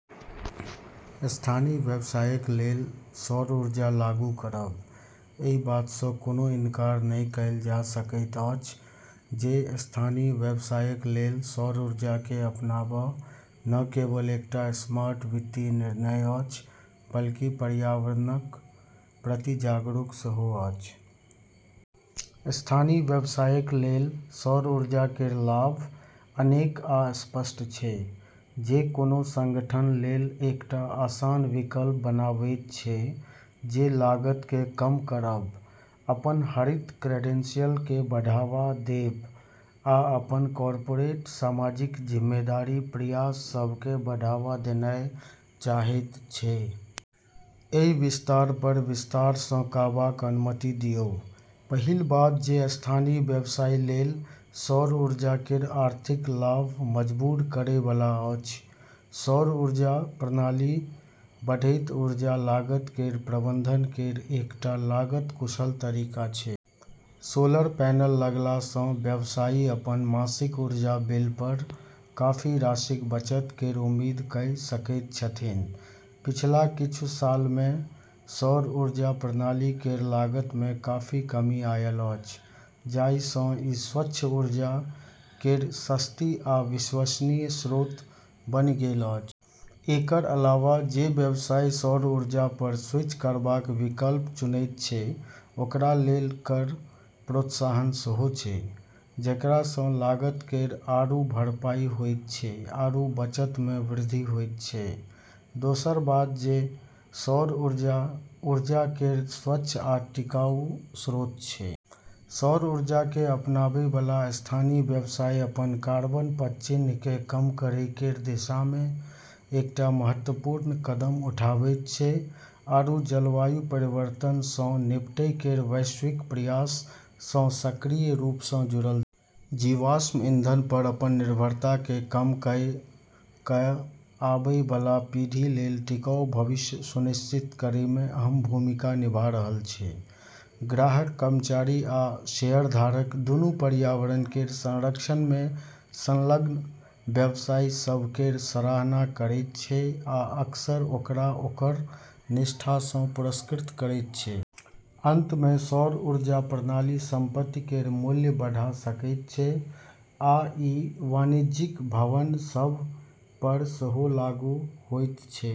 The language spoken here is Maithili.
स्थानीय व्यवसायक लेल सौर ऊर्जा लागू करब। एहि बात सँ कोनो इनकार नहि कएल जा सकैत अछि जे स्थानीय व्यवसायक लेल सौर ऊर्जा केँ अपनाब न केवल एकटा स्मार्ट वित्तीय निर्णय अछि, बल्कि पर्यावरणक प्रति जागरूक सेहो अछि। स्थानीय व्यवसायक लेल सौर ऊर्जा केर लाभ अनेक आ स्पष्ट छै, जे कोनो संगठन लेल एकटा आसान विकल्प बनावैत छै जे लागत केँ कम करब, अपन हरित क्रेडेंशियल केँ बढ़ावा देब, आ अपन कॉर्पोरेट सामाजिक जिम्मेदारी प्रयास सभ केँ बढ़ावा देनाय चाहैत छै। एहि प्रस्ताव पर विस्तार सँ कहबाक अनुमति दियौ। पहिल बात जे स्थानीय व्यवसाय लेल सौर ऊर्जा केर आर्थिक लाभ मजबूर करै बला अछि। सौर ऊर्जा प्रणाली बढ़ैत ऊर्जा लागत केर प्रबंधन केर एकटा लागत-कुशल तरीका छै। सोलर पैनल लगला सँ व्यवसायी अपन मासिक ऊर्जा बिल पर काफी राशिक बचत केर उम्मीद कऽ सकैत छथिन्। पिछला किछु साल मे सौर ऊर्जा प्रणाली केर लागत मे काफी कमी आयल अछि, जाहि सँ ई स्वच्छ ऊर्जा केर सस्ती आ विश्वसनीय स्रोत बनि गेल अछि। एकर अलावा, जे व्यवसाय सौर ऊर्जा पर स्विच करबाक विकल्प चुनैत छै, ओकरा लेल कर प्रोत्साहन सेहो छै, जेकरा सँ लागत केर आरू भरपाई होइत छै आरू बचत मे वृद्धि होइत छै। दोसर बात जे सौर ऊर्जा ऊर्जा केर स्वच्छ आ टिकाऊ स्रोत छै। सौर ऊर्जा केँ अपनाबै बला स्थानीय व्यवसाय अपन कार्बन पदचिह्न केँ कम करै केर दिशा मे एकटा महत्वपूर्ण कदम उठावैत छै आरू जलवायु परिवर्तन सँ निपटै केर वैश्विक प्रयास सँ सक्रिय रूप सँ जुड़ल छै। जीवाश्म ईंधन पर अपन निर्भरता केँ कम कऽ कऽ आबै बला पीढ़ी लेल टिकाऊ भविष्य सुनिश्चित करै मे अहम भूमिका निभा रहल छै। ग्राहक, कर्मचारी आ शेयरधारक दुनू पर्यावरण केर संरक्षण मे संलग्न व्यवसाय सभ केर सराहना करैत छै आ अक्सर ओकरा ओकर निष्ठा सँ पुरस्कृत करैत छै। अंत मे सौर ऊर्जा प्रणाली संपत्ति केर मूल्य बढ़ा सकैत छै, आ ई वाणिज्यिक भवन सभ पर सेहो लागू होइत छै।